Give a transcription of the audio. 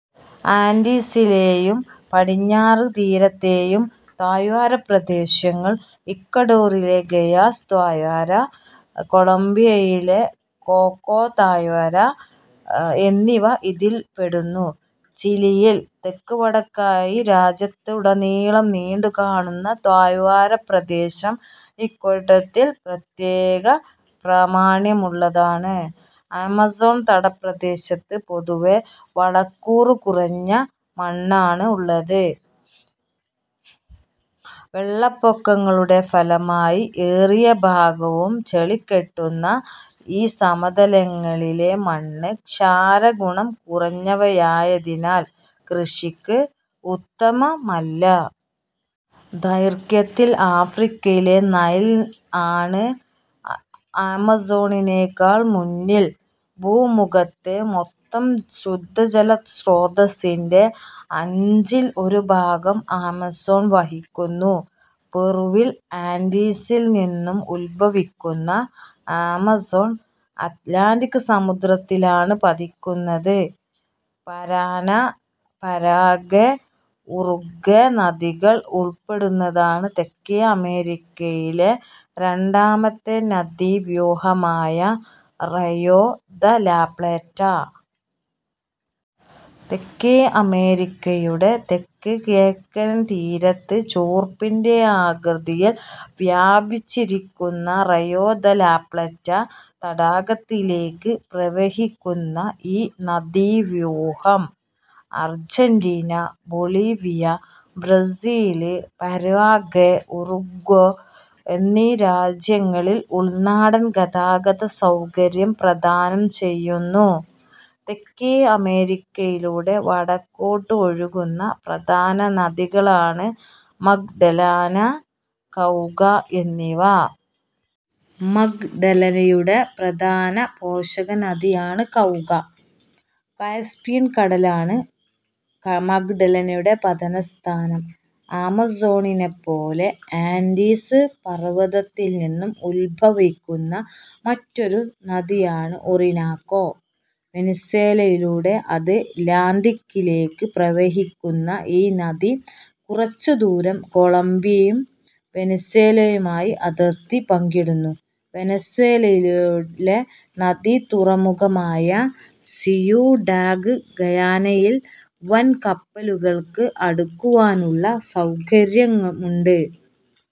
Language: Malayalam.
ആൻഡീസിലെയും പടിഞ്ഞാറ് തീരത്തെയും താഴ്വരപ്രദേശങ്ങൾ, ഇക്വഡോറിലെ ഗയാസ് താഴ്വര, കൊളംബിയയിലെ കൊക്കോ താഴ്വര എന്നിവ ഇതിൽപ്പെടുന്നു. ചിലിയിൽ തെക്ക് വടക്കായി രാജ്യത്തുടനീളം നീണ്ടുകാണുന്ന താഴ്വരപ്രദേശം ഇക്കൂട്ടത്തിൽ പ്രത്യേക പ്രാമാണ്യമുള്ളതാണ്. ആമസോൺ തടപ്രദേശത്ത് പൊതുവേ വളക്കൂറു കുറഞ്ഞ മണ്ണാണുള്ളത്. വെള്ളപ്പൊക്കങ്ങളുടെ ഫലമായി ഏറിയ ഭാഗവും ചെളികെട്ടുന്ന ഈ സമതലങ്ങളിലെ മണ്ണ് ക്ഷാരഗുണം കുറഞ്ഞതായതിനാൽ കൃഷിക്ക് ഉത്തമമല്ല. ദൈർഘ്യത്തിൽ ആഫ്രിക്കയിലെ നൈൽ ആണ് ആമസോണിനെക്കാൾ മുന്നിൽ. ഭൂമുഖത്തെ മൊത്തം ശുദ്ധജലസ്രോതസ്സിന്റെ അഞ്ചിൽ ഒരുഭാഗം ആമസോൺ വഹിക്കുന്നു. പെറുവിൽ ആൻഡീസിൽ നിന്നും ഉദ്ഭവിക്കുന്ന ആമസോൺ അത്ലാന്തിക് സമുദ്രത്തിലാണ് നിപതിക്കുന്നത്. പരാന, പരാഗ്വേ, ഉറുഗ്വേ നദികൾ ഉൾപ്പെടുന്നതാണ് തെക്കേ അമേരിക്കയിലെ രണ്ടാമത്തെ നദീവ്യൂഹമായ റയോ ദെ ലാപ്ലാറ്റ. തെക്കേ അമേരിക്കയുടെ തെക്ക് കിഴക്കൻ തീരത്ത് ചോർപ്പിന്റെ ആകൃതിയിൽ വ്യാപിച്ചിരിക്കുന്ന റെയോ ദെ ലാപ്ലാറ്റ തടാകത്തിലേക്ക് പ്രവഹിക്കുന്ന ഈ നദീവ്യൂഹം Argentina, Bolivia, Brazil, Paraguay, Uruguay എന്നീ രാജ്യങ്ങളിൽ ഉൾനാടൻ ഗതാഗത സൗകര്യം പ്രദാനം ചെയ്യുന്നു. തെക്കേ അമേരിക്കയിലൂടെ വടക്കോട്ട് ഒഴുകുന്ന പ്രധാന നദികളാണ് മഗ്ഡലെന, കൗക എന്നിവ. മഗ്ഡലെനയുടെ പ്രധാനപോഷക നദിയാണ് കൗക. കാസ്പിയൻ കടലാണ് മഗ്ഡലെനയുടെ പതനസ്ഥാനം. ആമസോണിനെപ്പോലെ ആൻഡീസ് പർവതത്തിൽ നിന്നും ഉദ്ഭവിക്കുന്ന മറ്റൊരു നദിയാണ് ഓറിനാക്കോ. വെനിസ്വേലയിലൂടെ അത് ലാന്തിക്കിലേക്ക് പ്രവഹിക്കുന്ന ഈ നദി കുറച്ചുദൂരം കൊളംബിയും വെനിസ്വേലയുമായി അതിർത്തി പങ്കിടുന്നു. വെനിസ്വേലയിലെ നദീമുഖതുറമുഖമായ സിയുഡാഡ്ഗയാനയിൽ വൻ കപ്പലുകൾക്ക് അടുക്കുവാനുള്ള സൗകര്യമുണ്ട്.